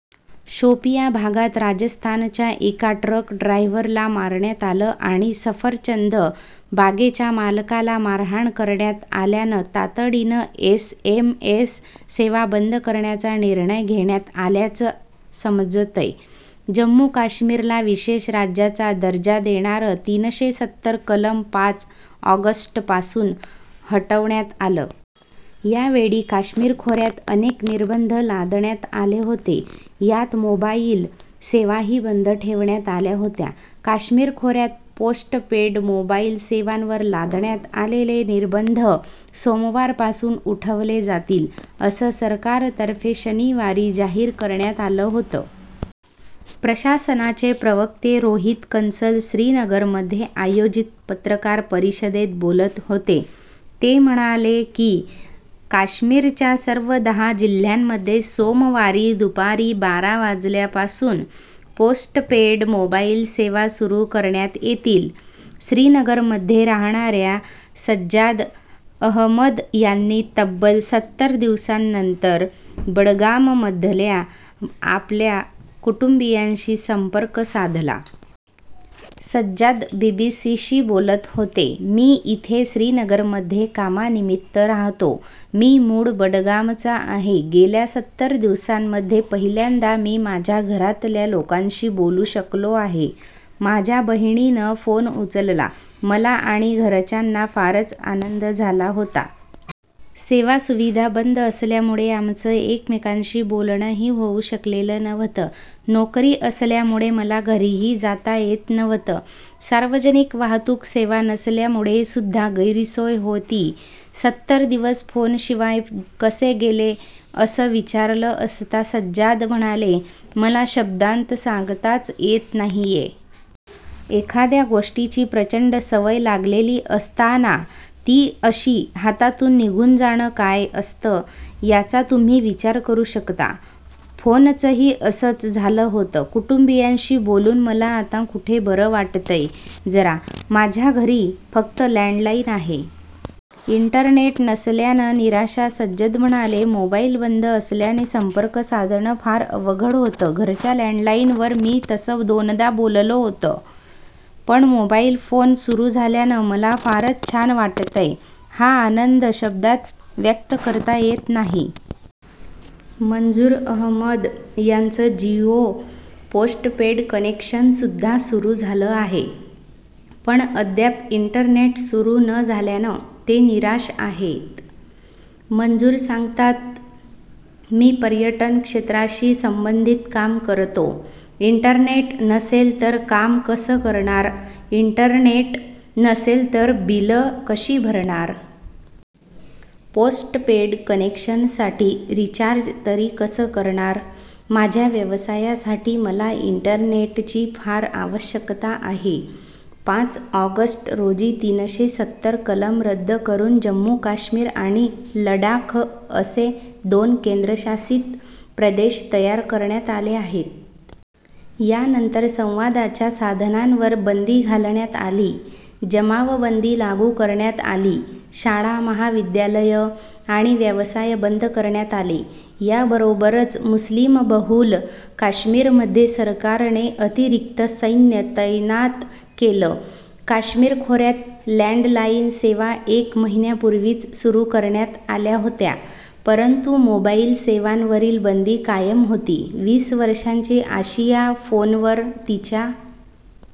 शोपिया भागात राजस्थानच्या एका ट्रक ड्रायव्हरला मारण्यात आलं आणि सफरचंद बागेच्या मालकाला मारहाण करण्यात आल्यानं तातडीनं एसएमएस सेवा बंद करण्याचा निर्णय घेण्यात आल्याचं समजतंय. जम्मू काश्मीरला विशेष राज्याचा दर्जा देणारं तीनशे सत्तर कलम पाच ऑगस्टपासून हटवण्यात आलं. यावेळी काश्मीर खोऱ्यात अनेक निर्बंध लादण्यात आले होते, यात मोबाईल सेवाही बंद ठेवण्यात आल्या होत्या. काश्मीर खोऱ्यात पोस्टपेड मोबाईल सेवांवर लादण्यात आलेले निर्बंध सोमवार पासून उठवले जातील, असं सरकारतर्फे शनिवारी जाहीर करण्यात आलं होतं. प्रशासनाचे प्रवक्ते रोहीत कंसल श्रीनगरमध्ये आयोजित पत्रकार परिषदेत बोलत होते. ते म्हणाले की, काश्मीरच्या सर्व दहा जिल्ह्यांमध्ये सोमवारी दुपारी बारा वाजल्यापासून पोस्टपेड मोबाईल सेवा सुरू करण्यात येतील. श्रीनगरमध्ये राहणाऱ्या सज्जाद अहमद यांनी तब्बल सत्तर दिवसांनंतर बडगाममधल्या आपल्या कुटुंबीयांशी संपर्क साधला. सज्जाद बीबीसीशी बोलत होते, मी इथे श्रीनगरमध्ये कामानिमित्त राहतो. मी मूळ बडगामचा आहे. गेल्या सत्तर दिवसांमध्ये पहिल्यांदा मी माझ्या घरातल्या लोकांशी बोलू शकलो आहे. माझ्या बहिणीनं फोन उचलला. मला आणि घरच्यांना फारच आनंद झाला होता. सेवासुविधा बंद असल्यामुळे आमचं एकमेकांशी बोलणंही होऊ शकलेलं नव्हतं. नोकरी असल्यामुळे मला घरीही जाता येत नव्हतं. सार्वजनिक वाहतूक सेवा नसल्यामुळे सुद्धा गैरसोय होती. सत्तर दिवस फोनशिवाय कसे गेले, असं विचारलं असता सज्जाद म्हणाले, मला शब्दांत सांगताच येत नाहीये. एखाद्या गोष्टीची प्रचंड सवय लागलेली असताना ती अशी हातातून निघून जाणं काय असतं याचा तुम्ही विचार करू शकता. फोनचंही असंच झालं होतं. कुटुंबीयांशी बोलून मला आता कुठे बरं वाटतंय जरा. माझ्या घरी फक्त लँडलाइन आहे. इंटरनेट नसल्यानं निराशा सज्जद म्हणाले, मोबाईल बंद असल्याने संपर्क साधणं फार अवघड होतं. घरच्या लँडलाइनवर मी तसं दोनदा बोललो होतं. पण मोबाईल फोन सुरू झाल्यानं मला फारच छान वाटतंय. हा आनंद शब्दांत व्यक्त करता येत नाही. मंजूर अहमद यांचं जिओ पोस्टपेड कनेक्शनसुद्धा सुरू झालं आहे. पण अद्याप इंटरनेट सुरू न झाल्यानं ते निराश आहेत. मंजूर सांगतात, मी पर्यटन क्षेत्राशी संबंधित काम करतो. इंटरनेट नसेल तर काम कसं करणार. इंटरनेट नसेल तर बिलं कशी भरणार. पोस्टपेड कनेक्शनसाठी रिचार्ज तरी कसं करणार. माझ्या व्यवसायासाठी मला इंटरनेटची फार आवश्यकता आहे. पाच ऑगस्ट रोजी तीनशे सत्तर कलम रद्द करून जम्मू काश्मीर आणि लडाख असे दोन केंद्रशासित प्रदेश तयार करण्यात आले आहेत. यानंतर संवादाच्या साधनांवर बंदी घालण्यात आली, जमावबंदी लागू करण्यात आली. शाळा, महाविद्यालयं आणि व्यवसाय बंद करण्यात आले. याबरोबरच मुस्लीमबहुल काश्मीरमध्ये सरकारने अतिरिक्त सैन्य तैनात केलं. काश्मीर खोऱ्यात लँडलाईन सेवा एक महिन्यापूर्वीच सुरू करण्यात आल्या होत्या, परंतु मोबाईल सेवांवरील बंदी कायम होती. वीस वर्षांची आशिया फोनवर तिच्या